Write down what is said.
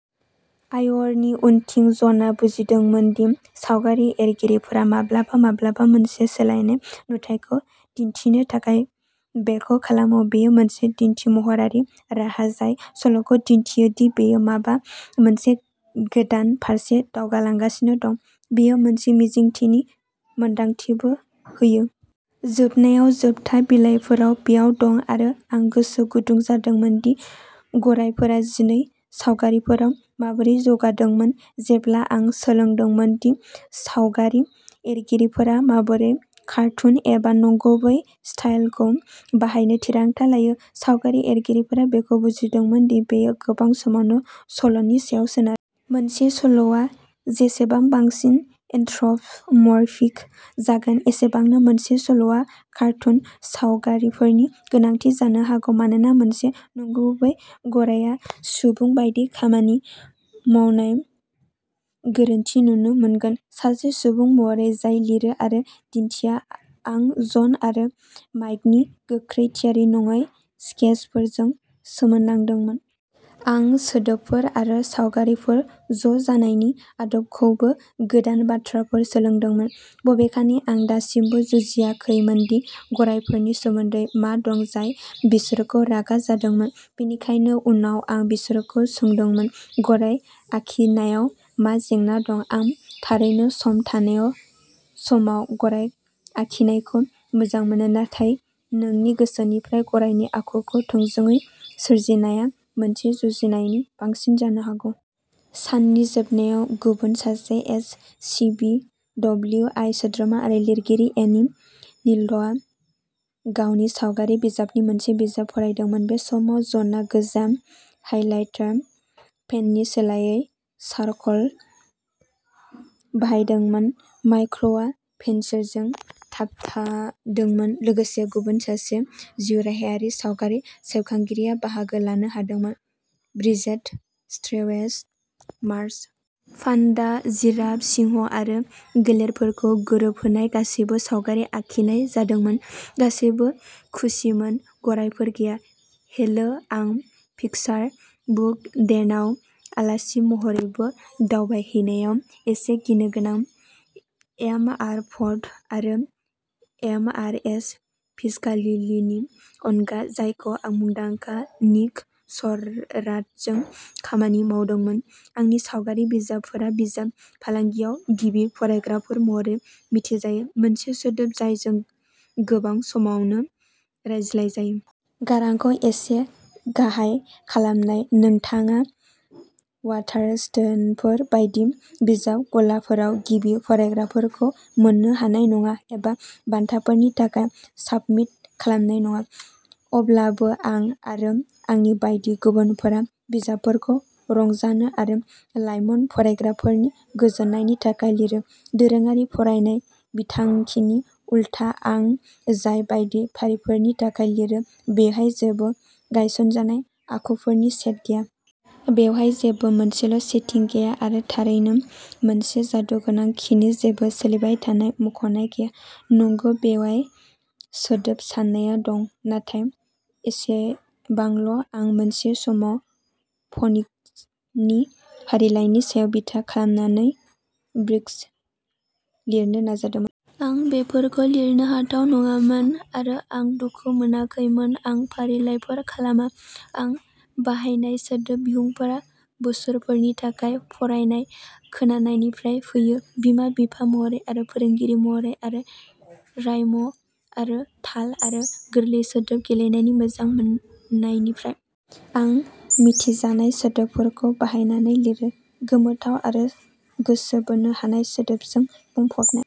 आइवरनि उनथिं। जनआ बुजिमोंदोंमोन दि सावगारि एरगिरिफोरा माब्लाबा माब्लाबा मोनसे सोलायनाय नुथायखौ दिन्थिनो थाखाय बेखौ खालामो। बेयो मोनसे दिन्थिमहरारि राहा जाय सल'खौ दिन्थियो दि बेयो माबा मोनसे गोदान फारसे दावगालांगासिनो दं। बेयो मोनसे मिजिंथिनि मोनदांथिबो होयो। जोबनायाव, जोबथा बिलाइफोरा बेयाव दं, आरो आं गोसो गुदुं जादोंमोन दि गरायफोरा जिनै सावगारिफोराव माबोरै जौगादोंमोन। जेब्ला आं सोंदोंमोन दि सावगारि एरगिरिफोरा माबोरै कार्टुन एबा नंगुबै स्टाइलखौ बाहायनो थिरांथा लायो, सावगारि एरगिरिफोरा बेखौ बुजिमोदोंमोन दि बेयो गोबां समावनो सल'नि सायाव सोनारो। मोनसे सल'आ जेसेबां बांसिन एनथ्रपमरफिक जागोन, एसेबांनो मोनसे सल'आ कार्टुन सावगारिफोरनि गोनांथि जानो हागौ मानोना मोनसे नंगुबै गरायआ सुबुं बायदि खामानि मावनाय'गोरोन्थि'नुनो मोनगोन। सासे सुबुं महरै जाय लिरो, आरो दिन्थिया, आं जन आरो माइकनि गोख्रै, थियारि नङै स्केचफोरजों सोमोनांदोंमोन। आं सोदोबफोर आरो सावगारिफोर ज'जानायनि आदबखौबो गोदान बाथ्राफोर सोलोंदोंमोन। बबेखानि, आं दासिमबो जुजियाखैमोन दि गरायफोरनि सोमोन्दै मा दं जाय बिसोरखौ रागा जादोंमोन। बेनिखायनो। उनाव आं बिसोरखौ सोंदोंमोन। "गराय आखिनायाव मा जेंना दं? आं थारैनो सम थानायाव समाव गराय आखिनायखौ मोजां मोनो, नाथाय नोंनि गोसोनिफ्राय गरायनि आखुखौ थोंजोङै सोरजिनायआ मोनसे जुजिनायनि बांसिन जानो हागौ! साननि जोबनायाव, गुबुन सासे एस. सि. बि. डब्लिउ. आइ. सोद्रोमा आरो लिरगिरि, एनि नील्डआ गावनि सावगारि बिजाबनि मोनसे बिजाब फरायदोंमोन। बे समाव जनआ गोजा हाइलाइटार पेननि सोलायै चारक'ल बाहायदोंमोन। माइक्रआ पेन्सिलजों थाबथादोंमोन। लोगोसे गुबुन सासे जिउराहायारि सावगारि सेबखांगिरिया बाहागो लानो हादोंमोन, ब्रिजेट स्ट्रेवेस-मार्ज। पान्डा, जिराफ, सिंह आरो गोलेरफोरखौ गोरोबहोनाय गासैबो सावगारि आखिनाय जादोंमोन! गासैबो खुसिमोन... गरायफोर गैया! हेलो। आं पिकचार बुक डेनआव आलासि महरैबो दावबायहैनायाव एसे गिनो गोनां। एम. आर. प'ड आरो एम. आर. एस. पिसकालिलिनि अनगा, जायखौ आं मुंदांखा निक शर्राटजों खामानि मावदोंमोन, आंनि" सावगारि बिजाब "फोरा बिजाब फालांगियाव" गिबि फरायग्राफोर "महरै मिथिजायो, मोनसे सोदोब जायजों गोबां समावनो रायज्लायजायो। गारांखौ एसे गाहाय खालामनाय। नोंथाङा वाटारस्टोनफोर बायदि बिजाब गलाफोराव गिबि फरायग्राफोरखौ मोन्नो हानाय नङा एबा बान्थाफोरनि थाखाय साबमिट खालामनाय नङा। अब्लाबो, आं-आरो आंनि बायदि गुबुनफोरा-बिजाबफोरखौ रंजानो आरो लाइमोन फरायग्राफोरनि गोजोननायनि थाखाय लिरो। दोरोङारि फरायनाय बिथांखिनि उलथा, आं जाय बायदि फारिफोरनि थाखाय लिरो, बेहाय जेबो गायसनजानाय आखुफोरनि सेट गैया। बेवहाय जेबो मोनसेल'सेटिं गैया आरो थारैनो मोनसे जादु गोनां किनि जेबो सोलिबाय थानाय मख'नाय गैया। नंगौ, बेवाय सोदोब साननाया दं, नाथाय एसेबांल'। आं मोनसे समाव फ'निक्सनि फारिलाइनि सायाव बिथा खालामनानै ब्रिक्स लिरनो नाजादोंमोन। आं बेफोरखौ लिरनो हाथाव नङामोन, आरो आं दुखु मोनाखैमोन। आं फारिलाइफोर खालामा। आं बाहायनाय सोदोब बिहुंफोरा बोसोरफोरनि थाखाय फरायनाय खोनानायनिफ्राय फैयो-बिमा-बिफा महरै आरो फोरोंगिरि महरै-आरो रायम आरो ताल आरो गोरलै सोदोब गेलेनायनि मोजां मोन्नायनिफ्राय। आं मिथिजानाय सोदोबफोरखौ बाहायनानै लिरो, गोमोथाव आरो गोसो बोनो हानाय सोदोबजों बुंफबनाय।